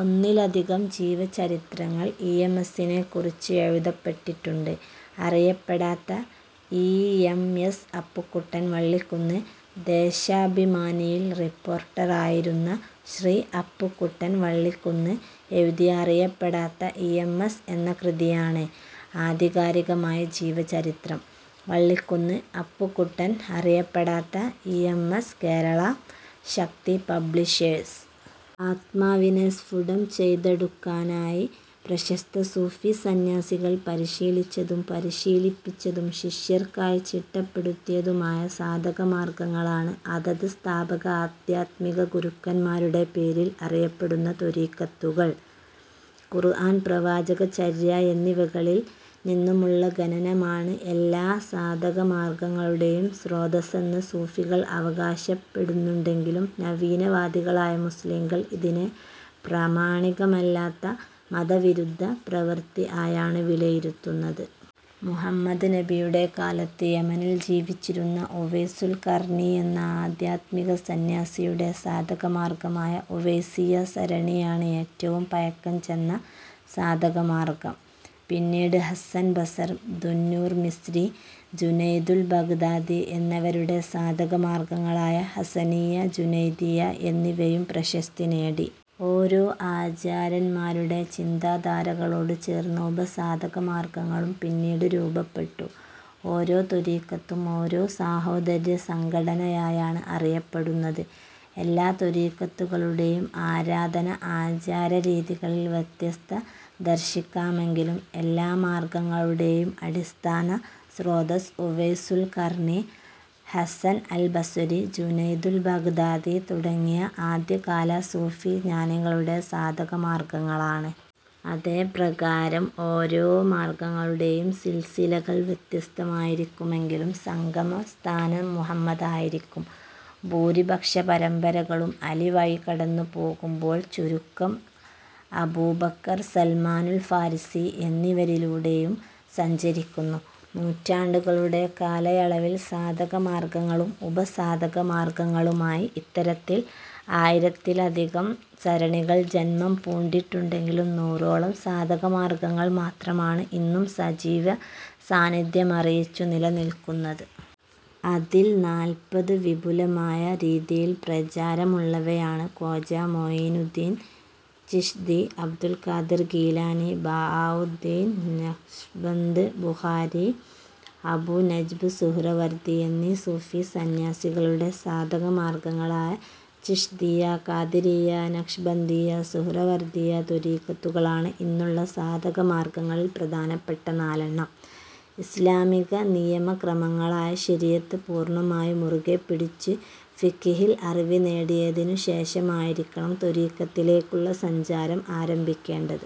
ഒന്നിലധികം ജീവചരിത്രങ്ങൾ E. M. എസിനെക്കുറിച്ച് എഴുതപ്പെട്ടിട്ടുണ്ട്. അറിയപ്പെടാത്ത E. M. S Appukuttan Vallikkunnu. ദേശാഭിമാനിയിൽ റിപ്പോർട്ടറായിരുന്ന ശ്രീ അപ്പുക്കുട്ടൻ വള്ളിക്കുന്ന് എഴുതിയ അറിയപ്പെടാത്ത ഇ. എം. എസ് എന്ന കൃതിയാണ് ആധികാരികമായി ജീവചരിത്രം. വള്ളിക്കുന്ന്, അപ്പുക്കുട്ടൻ. അറിയപ്പെടാത്ത E. M. S. Keralam: Shakti publishers.. ആത്മാവിനെ സ്ഫുടം ചെയ്തെടുക്കാനായി പ്രശസ്ത സൂഫി സന്യാസികൾ പരിശീലിച്ചതും, പരിശീലിപ്പിച്ചതും, ശിഷ്യർക്കായി ചിട്ടപ്പെടുത്തിയതുമായ സാധക മാർഗ്ഗങ്ങളാണ് അതത് സ്ഥാപക ആധ്യാത്മിക ഗുരുക്കന്മാരുടെ പേരിൽ അറിയപ്പടുന്ന ത്വരീഖത്തുകൾ. ഖുർആൻ, പ്രവാചക ചര്യ എന്നിവകളിൽ നിന്നുമുള്ള ഖനനമാണ് എല്ലാ സാധക മാർഗ്ഗങ്ങളുടെയും സ്രോതസ്സെന്നു സൂഫികൾ അവകാശപ്പെടുന്നുണ്ടെങ്കിലും നവീന വാദികളായ മുസ്ലിങ്ങൾ ഇതിനെ പ്രമാണികമല്ലാത്ത മത വിരുദ്ധ പ്രവൃത്തി ആയാണ് വിലയിരുത്തുന്നത്. മുഹമ്മദ് നബിയുടെ കാലത്ത് യമനിൽ ജീവിച്ചിരുന്ന ഉവൈസുൽ ഖർനി എന്ന ആധ്യാത്മിക സന്യാസിയുടെ സാധക മാർഗ്ഗമായ ഉവൈസിയ്യ സരണിയാണ് ഏറ്റവും പഴക്കം ചെന്ന സാധക മാർഗ്ഗം. പിന്നീട് Hasan Basr, Dunnur Misri, Junaidul Baghdadi എന്നിവരുടെ സാധക മാർഗ്ഗങ്ങളായ ഹസ്സനിയ്യ ജുനൈദിയ്യ എന്നിവയും പ്രശസ്തി നേടി. ഓരോ ആചാര്യന്മാരുടെ ചിന്താധാരകളോട് ചേർന്ന് ഉപ സാധക മാർഗ്ഗങ്ങളും പിന്നീട് രൂപപ്പെട്ടു. ഓരോ ത്വരീഖത്തും ഓരോ സാഹോദര്യ സംഘടനയായാണ് അറിയപ്പെടുന്നത്. എല്ലാ ത്വരീഖത്തുകളുടെയും ആരാധന ആചാര രീതികളിൽ വ്യത്യസ്തത ദർശിക്കാമെങ്കിലും എല്ലാ എല്ലാമാർഗ്ഗങ്ങളുടെയും അടിസ്ഥാന സ്രോതസ്സ് ഉവൈസുൽ ഖർനി, ഹസ്സൻ അൽ ബസ്വരി ജുനൈദുൽ ബാഗ്ദാദി തുടങ്ങിയ ആദ്യ കാല സൂഫി ജ്ഞാനികളുടെ സാധക മാർഗ്ഗങ്ങളാണ്. അതേ പ്രകാരം ഓരോ മാർഗ്ഗങ്ങളുടെയും സിൽസിലകൾ വ്യത്യസ്തമായിരിക്കുമെങ്കിലും സംഗമ സ്ഥാനം മുഹമ്മദ് ആയിരിക്കും. ഭൂരിപക്ഷ പരമ്പരകളും അലി വഴി കടന്നു പോകുമ്പോൾ ചുരുക്കം ചിലവ അബൂബക്കർ, സൽമാനുൽ ഫാരിസി എന്നിവരിലൂടെയും സഞ്ചരിക്കുന്നു. നൂറ്റാണ്ടുകളുടെ കാലയളവിൽ സാധക മാർഗ്ഗങ്ങളും ഉപ സാധക മാർഗ്ഗങ്ങളുമായി ഇത്തരത്തിൽ ആയിരത്തിലധികം സരണികൾ ജന്മം പൂണ്ടിട്ടുണ്ടെങ്കിലും നൂറോളം സാധക മാർഗ്ഗങ്ങൾ മാത്രമാണ് ഇന്നും സജീവ സാന്നിധ്യമറിയിച്ചു നിലനിൽക്കുന്നത്. അതിൽ നാൽപത് വിപുലമായ രീതിയിൽ പ്രചാരമുള്ളവയാണ്. ഖ്വാജാ മുഈനുദ്ദീൻ ചിശ്തി, അബ്ദുൽ ഖാദിർ ഗീലാനി, ബഹാഉദ്ദീൻ നഖ്ശ്ബന്ദ് ബുഖാരി, അബൂ നജ്ബ് സുഹ്റവര്ദി എന്നീ സൂഫി സന്യാസികളുടെ സാധക മാർഗ്ഗങ്ങളായ ചിശ്തിയ്യ, ഖാദിരിയ്യ, നഖ്ശ്ബന്ദിയ്യ, സുഹ്റവര്ദിയ്യ ത്വരീഖത്തുകളാണ് ഇന്നുള്ള സാധക മാർഗ്ഗങ്ങളിൽ പ്രധാനപ്പെട്ട നാലെണ്ണം. ഇസ്ലാമിക നിയമ ക്രമങ്ങളായ ശരീയത്ത് പൂർണ്ണമായി മുറുകെ പിടിച്ചു ഫിഖ്ഹ് ഇൽ അറിവ് നേടിയതിനു ശേഷമായിരിക്കണം ത്വരീഖത്തിലേക്കുള്ള സഞ്ചാരം ആരംഭിക്കേണ്ടത്.